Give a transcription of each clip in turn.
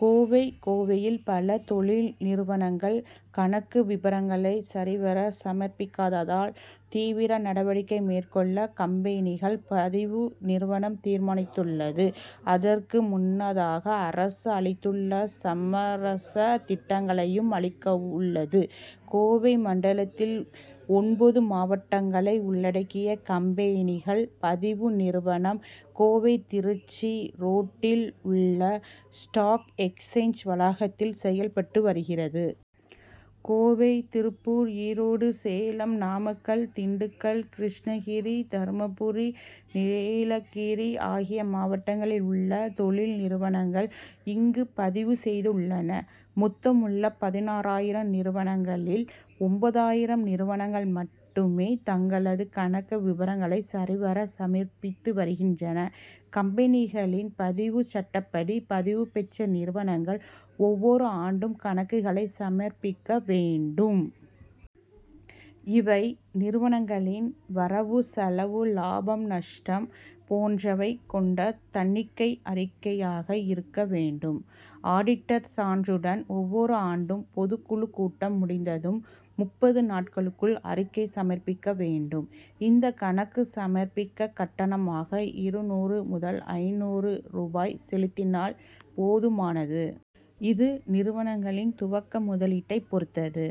கோவை கோவையில் பல தொழில் நிறுவனங்கள் கணக்கு விபரங்களை சரிவர சமர்ப்பிக்காததால், தீவிர நடவடிக்கை மேற்கொள்ள கம்பெனிகள் பதிவு நிறுவனம் தீர்மானித்துள்ளது. அதற்கு முன்னதாக, அரசு அளித்துள்ள சமரச திட்டங்களையும் அளிக்கவுள்ளது. கோவை மண்டலத்தில் ஒன்பது மாவட்டங்களை உள்ளடக்கிய, கம்பெனிகள் பதிவு நிறுவனம் கோவை, திருச்சி ரோட்டில் உள்ள ஸ்டாக் எக்சேஞ்ச் வளாகத்தில் செயல்பட்டு வருகிறது. கோவை, திருப்பூர், ஈரோடு, சேலம், நாமக்கல், திண்டுக்கல், கிருஷ்ணகிரி, தர்மபுரி, நீலகிரி ஆகிய மாவட்டங்களிலுள்ள தொழில்நிறுவனங்கள் இங்கு பதிவு செய்துள்ளன. மொத்தமுள்ள பதினாறாயிரம் நிறுவனங்களில், ஒன்பதாயிரம் நிறுவனங்கள் மட்டுமே, தங்களது கணக்கு விபரங்களை சரிவர சமர்ப்பித்து வருகின்றன. கம்பெனிகளின் பதிவு சட்டப்படி, பதிவுபெற்ற நிறுவனங்கள் ஒவ்வொரு ஆண்டும் கணக்குகளை சமர்ப்பிக்க வேண்டும். இவை, நிறுவனங்களின் வரவு செலவு, லாபம், நஷ்டம் போன்றவை கொண்ட தணிக்கை அறிக்கையாக இருக்க வேண்டும். ஆடிட்டர் சான்றுடன், ஒவ்வொரு ஆண்டும் பொதுக்குழு கூட்டம் முடிந்ததும் முப்பது நாட்களுக்குள் அறிக்கை சமர்ப்பிக்க வேண்டும். இந்த கணக்கு சமர்ப்பிக்க கட்டணமாக இருநூறு முதல் ஐந்நூறு ரூபாய் செலுத்தினால் போதுமானது. இது, நிறுவனங்களின் துவக்க முதலீடை பொறுத்தது;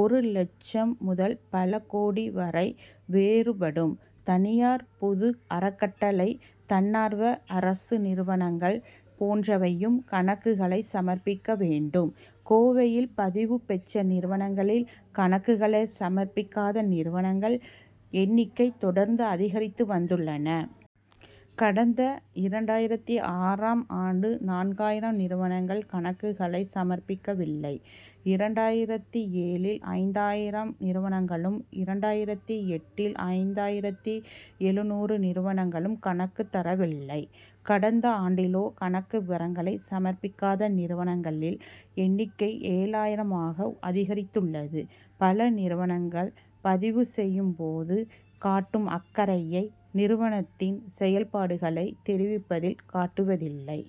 ஒரு லட்சம் முதல் பல கோடி வரை வேறுபடும். தனியார், பொது, அறக்கட்டளை, தன்னார்வ அரசு நிறுவனங்கள் போன்றவையும் கணக்குகளை சமர்ப்பிக்க வேண்டும். கோவையில் பதிவு பெற்ற நிறுவனங்களில், கணக்குகளை சமர்ப்பிக்காத நிறுவனங்கள் எண்ணிக்கை தொடர்ந்து அதிகரித்து வந்துள்ளன. கடந்த இரண்டாயிரத்து ஆறாம் ஆண்டு நான்காயிரம் நிறுவனங்கள் கணக்குகளை சமர்ப்பிக்கவில்லை. இரண்டாயிரத்து ஏழில் ஐந்தாயிரம் நிறுவனங்களும், இரண்டாயிரத்து எட்டில் ஐந்தாயிரத்து எழுநூறு நிறுவனங்களும் கணக்கு தரவில்லை. கடந்த ஆண்டிலோ, கணக்கு விபரங்களை சமர்ப்பிக்காத நிறுவனங்களின் எண்ணிக்கை ஏழாயிரம் ஆக அதிகரித்துள்ளது. பல நிறுவனங்கள், பதிவு செய்யும் போது காட்டும் அக்கறையை, நிறுவனத்தின் செயல்பாடுகளை தெரிவிப்பதில் காட்டுவதில்லை.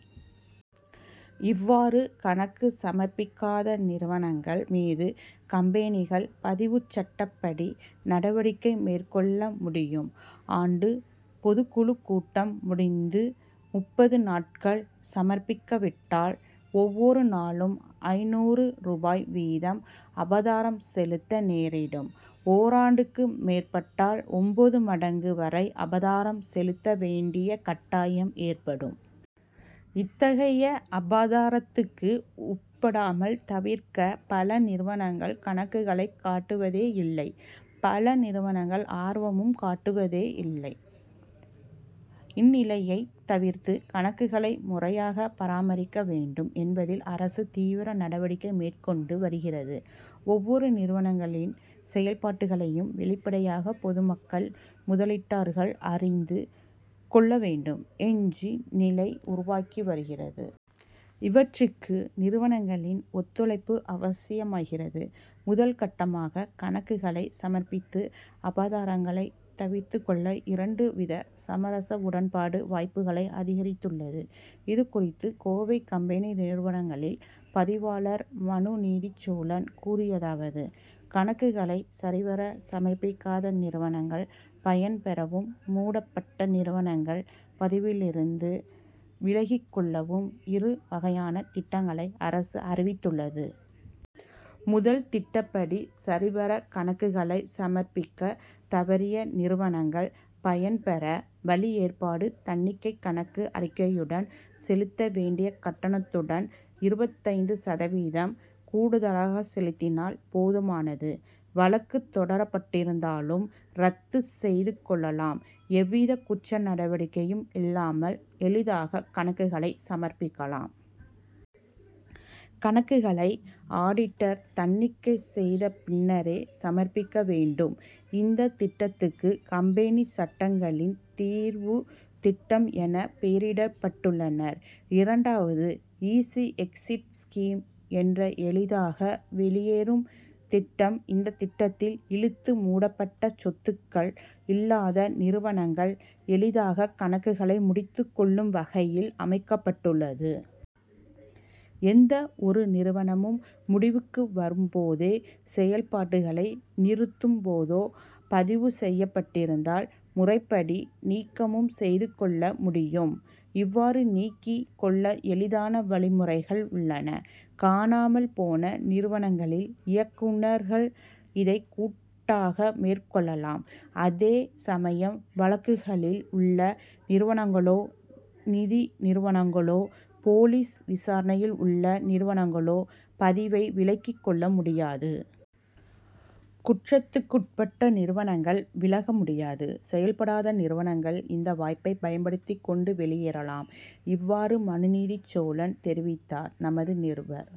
இவ்வாறு கணக்கு சமர்ப்பிக்காத நிறுவனங்கள் மீது, கம்பெனிகள் பதிவுச்சட்டப்படி நடவடிக்கை மேற்கொள்ள முடியும். ஆண்டு பொதுக்குழுக் கூட்டம் முடிந்து முப்பது நாட்கள் சமர்ப்பிக்காவிட்டால், ஒவ்வொரு நாளும் ஐந்நூறு ரூபாய் வீதம் அபராதம் செலுத்த நேரிடும். ஓராண்டுக்கு மேற்பட்டால், ஒன்பது மடங்கு வரை அபராதம் செலுத்த வேண்டிய கட்டாயம் ஏற்படும். இத்தகைய அபராதத்துக்கு உட்படாமல் தவிர்க்க, பல நிறுவனங்கள் கணக்குகளை காட்டுவதே இல்லை. பல நிறுவனங்கள், ஆர்வமும் காட்டுவதில்லை. இந்நிலையை தவிர்த்து, கணக்குகளை முறையாக பராமரிக்க வேண்டும் என்பதில் அரசு தீவிர நடவடிக்கை மேற்கொண்டு வருகிறது. ஒவ்வொறு நிறுவனங்களின் செயல்பாட்டுகளையும் வெளிப்படையாக பொதுமக்கள், முதலீட்டாளர்கள் அறிந்து கொள்ள வேண்டும் என்ற நிலையை உருவாக்கி வருகிறது. இவற்றுக்கு நிறுவனங்களின் ஒத்துழைப்பு அவசியமாகிறது. முதல் கட்டமாக கணக்குகளை சமர்ப்பித்து, அபராதங்களை தவிர்த்துக் கொள்ள இரண்டு வித சமரச உடன்பாடு, வாய்ப்புகளை அதிகரித்துள்ளது. இதுகுறித்து, கோவை கம்பெனி நிறுவனங்களின் பதிவாளர் மனுநீதிச்சோழன் கூறியதாவது கணக்குகளை சரிவர சமர்ப்பிக்காத நிறுவனங்கள் பயன்பெறவும், மூடப்பட்ட நிறுவனங்கள் பதிவிலிருந்து விலகிக்கொள்ளவும் இரு வகையான திட்டங்களை அரசு அறிவித்துள்ளது. முதல் திட்டப்படி, சரிவர கணக்குகளை சமர்ப்பிக்க தவறிய நிறுவனங்கள் பயன்பெற வழி ஏற்பாடு. தணிக்கை கணக்கு அறிக்கையுடன், செலுத்த வேண்டிய கட்டணத்துடன் இருபத்தைந்து சதவீதம் கூடுதலாக செலுத்தினால் போதுமானது. வழக்கு தொடரப்பட்டிருந்தாலும், ரத்து செய்து கொள் ளலாம். எவ்வித குற்ற நடவடிக்கையும் இல்லாமல், எளிதாக கணக்குகளை சமர்ப்பிக்கலாம். கணக்குகளை, ஆடிட்டர் தண்ணிக்கை செய்த பின்னரே சமர்ப்பிக்க வேண்டும். இந்த திட்டத்துக்கு, கம்பெனி சட்டங்களின் தீர்வு திட்டம் என பெயரிட்டுள்ளனர். இரண்டாவது ஈஸி எக்ஸிஸ்ட் ஸ்கீம் என்ற எளிதாக வெளியேறும் திட்டம். இந்த திட்டத்தில், இழுத்து மூடப்பட்ட, சொத்துக்கள் இல்லாத நிறுவனங்கள், எளிதாக கணக்குகளை முடித்துக் கொள்ளும் வகையில் அமைக்கப்பட்டுள்ளது. எந்த ஒரு நிறுவனமும் முடிவுக்கு வரும்போதே, செயல்பாடுகளை நிறுத்தும்போதோ பதிவு செய்யப்பட்டிருந்தால் முறைப்படி நீக்கமும் செய்து கொள்ள முடியும். இவ்வாறு நீக்கிக் கொள்ள எளிதான வழிமுறைகள் உள்ளன. காணாமல் போன நிறுவனங்களின் இயக்குனர்கள் இதை கூட்டாக மேற்கொள்ளலாம். அதேசமயம், வழக்குகளில் உள்ள நிறுவனங்களோ, நிதி நிறுவனங்களோ, போலீஸ் விசாரணையில் உள்ள நிறுவனங்களோ பதிவை விலக்கிக் கொள்ள முடியாது. குற்றத்துக்குட்பட்ட நிறுவனங்கள், விலக முடியாது. செயல்படாத நிறுவனங்கள், இந்த வாய்ப்பை பயன்படுத்திக் கொண்டு வெளியேறலாம். இவ்வாறு, மனுநீதிச்சோழன் தெரிவித்தார். நமது நிருபர்